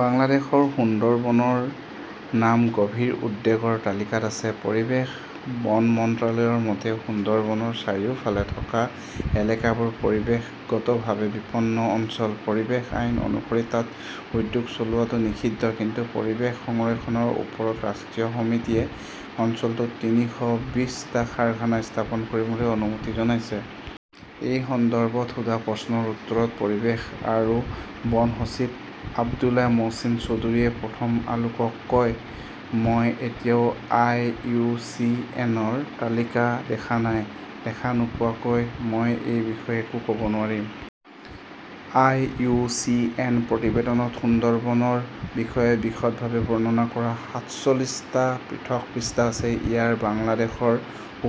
বাংলাদেশৰ সুন্দৰবনৰ নাম গভীৰ উদ্বেগৰ তালিকাত আছে। পৰিৱেশ আৰু বন মন্ত্ৰালয়ৰ মতে, সুন্দৰবনৰ চাৰিওফালে থকা এলেকাবোৰ পৰিৱেশগতভাৱে বিপন্ন অঞ্চল। পৰিৱেশ আইন অনুসৰি তাত উদ্যোগ চলোৱাটো নিষিদ্ধ। কিন্তু পৰিৱেশ সংৰক্ষণৰ ওপৰত ৰাষ্ট্ৰীয় সমিতিয়ে অঞ্চলটোত তিনিশ বিশ টা কাৰখানা স্থাপন কৰিবলৈ অনুমোদন জনাইছে। এই সন্দৰ্ভত সোধা প্ৰশ্নৰ উত্তৰত পৰিৱেশ আৰু বন সচিব আব্দুল্লাহ মহচিন চৌধুৰীয়ে প্ৰথম আলোকক কয়, মই এতিয়াও আই. ইউ. চি. এন. -ৰ তালিকা দেখা নাই। দেখা নোপোৱাকৈ মই এই বিষয়ে একো ক "ব নোৱাৰিম। আই. ইউ. চি. এন. প্ৰতিবেদনত সুন্দৰবনৰ বিষয়ে বিশদভাৱে বৰ্ণনা কৰা সাত চল্লিশ টা পৃথক পৃষ্ঠা আছে। ইয়াত বাংলাদেশৰ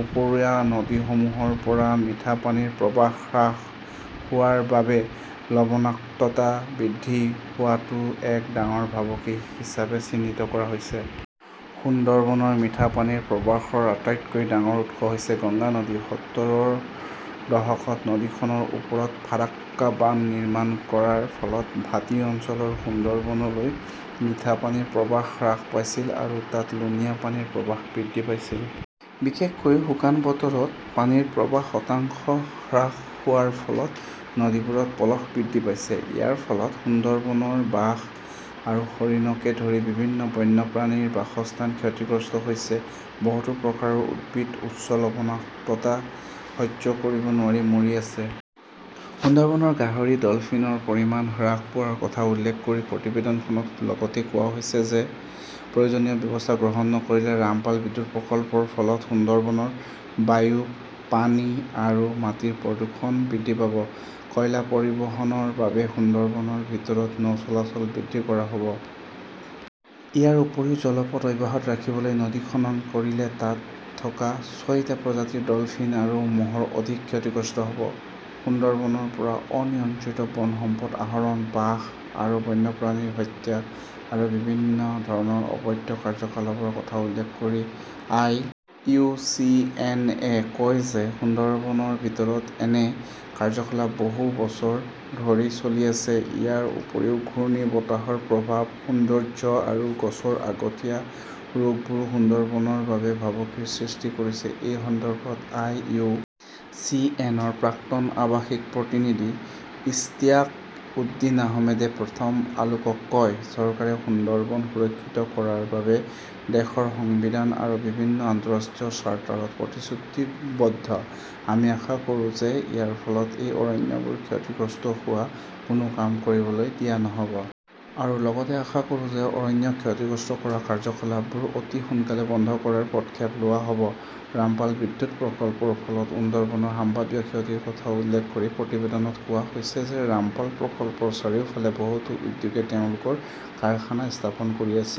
উপৰুৱা নদীসমূহৰ পৰা মিঠা পানীৰ প্ৰবাহ হ্ৰাস হোৱাৰ বাবে লবণাক্ততা বৃদ্ধি হোৱাটো এক ডাঙৰ ভাবুকি হিচাপে চিহ্নিত কৰা হৈছে। সুন্দৰবনৰ মিঠা পানীৰ প্ৰবাহৰ আটাইতকৈ ডাঙৰ উৎস হৈছে গংগা নদী। সত্তৰ ৰ দশকত নদীখনৰ ওপৰত ফাৰক্কা বান্ধ নিৰ্মাণ কৰাৰ ফলত ভাটি অঞ্চলৰ সুন্দৰবনলৈ মিঠা পানীৰ প্ৰৱাহ হ্ৰাস পাইছিল আৰু তাত লুনীয়া পানীৰ প্ৰৱাহ বৃদ্ধি পাইছিল। বিশেষকৈ শুকান বতৰত পানীৰ প্ৰৱাহ শতাংশ হ্ৰাস হোৱাৰ ফলত নদীবোৰত পলস বৃদ্ধি পাইছে। ইয়াৰ ফলত সুন্দৰবনৰ বাঘ আৰু হৰিণকে ধৰি বিভিন্ন বন্যপ্ৰাণীৰ বাসস্থান ক্ষতিগ্ৰস্ত হৈছে। বহুতো প্ৰকাৰৰ উদ্ভিদ উচ্চ লবণাক্ততা সহ্য কৰিব নোৱাৰি মৰি আছে। সুন্দৰবনৰ গাহৰি আৰু ডলফিনৰ পৰিমাণ হ্ৰাস পোৱাৰ কথা উল্লেখ কৰি প্ৰতিবেদনখনত লগতে কোৱা হৈছে যে প্ৰয়োজনীয় ব্যৱস্থা গ্ৰহণ নকৰিলে ৰামপাল বিদ্যুৎ প্ৰকল্পৰ ফলত সুন্দৰবনৰ বায়ু, পানী আৰু মাটিৰ প্ৰদূষণ বৃদ্ধি পাব। কয়লা পৰিবহণৰ বাবে সুন্দৰবনৰ ভিতৰত নৌ চলাচল বৃদ্ধি কৰা হ'ব। ইয়াৰ উপৰিও জলপথ অব্যাহত ৰাখিবলৈ নদী খনন কৰিলে তাত থকা ছয়টা প্ৰজাতিৰ ডলফিন আৰু মহৰ অধিক ক্ষতিগ্ৰস্ত হ'ব। সুন্দৰবনৰ পৰা অনিয়ন্ত্ৰিত বন সম্পদ আহৰণ, বাঘ আৰু বন্যপ্ৰাণীৰ হত্যা আৰু বিভিন্ন ধৰণৰ অবৈধ কাৰ্যকলাপৰ কথা উল্লেখ কৰি আই. ইউ. চি. এন. -এ কয় যে সুন্দৰবনৰ ভিতৰত এনে কাৰ্যকলাপ বহু বছৰ ধৰি চলি আহিছে। ইয়াৰ উপৰিও ঘূৰ্ণীবতাহৰ প্ৰভাৱ, সৌন্দৰ্য্য আৰু গছৰ আগতীয়া ৰোগবোৰো সুন্দৰবনৰ বাবে ভাবুকিৰ সৃষ্টি কৰিছে। এই সন্দৰ্ভত আই. ইউ. চি. এন. -ৰ প্ৰাক্তন আৱাসিক প্ৰতিনিধি ইশতিয়াক উদ্দীন আহমেদে প্ৰথম আলোকক কয়, চৰকাৰে সুন্দৰবন সুৰক্ষিত কৰাৰ বাবে দেশৰ সংবিধান আৰু বিভিন্ন আন্তঃৰাষ্ট্ৰীয় চাৰ্টাৰত প্ৰতিশ্ৰুতিবদ্ধ। আমি আশা কৰোঁ যে ইয়াৰ ফলত এই অৰণ্যবোৰ ক্ষতিগ্ৰস্ত হোৱা কোনো কাম কৰিবলৈ দিয়া নহ 'ব। আৰু লগতে আশা কৰোঁ যে অৰণ্যক ক্ষতিগ্ৰস্ত কৰা কাৰ্যকলাপবোৰ অতি সোনকালেই বন্ধ কৰাৰ পদক্ষেপ লোৱা হ'ব। ৰামপাল বিদ্যুৎ প্ৰকল্পৰ ফলত সুন্দৰবনৰ সম্ভাৱ্য ক্ষতিৰ কথা উল্লেখ কৰি প্ৰতিবেদনত কোৱা হৈছে যে ৰামপাল প্ৰকল্পৰ চাৰিওফালে বহুতো উদ্যোগে তেওঁলোকৰ কাৰখানা স্থাপন কৰি আছে।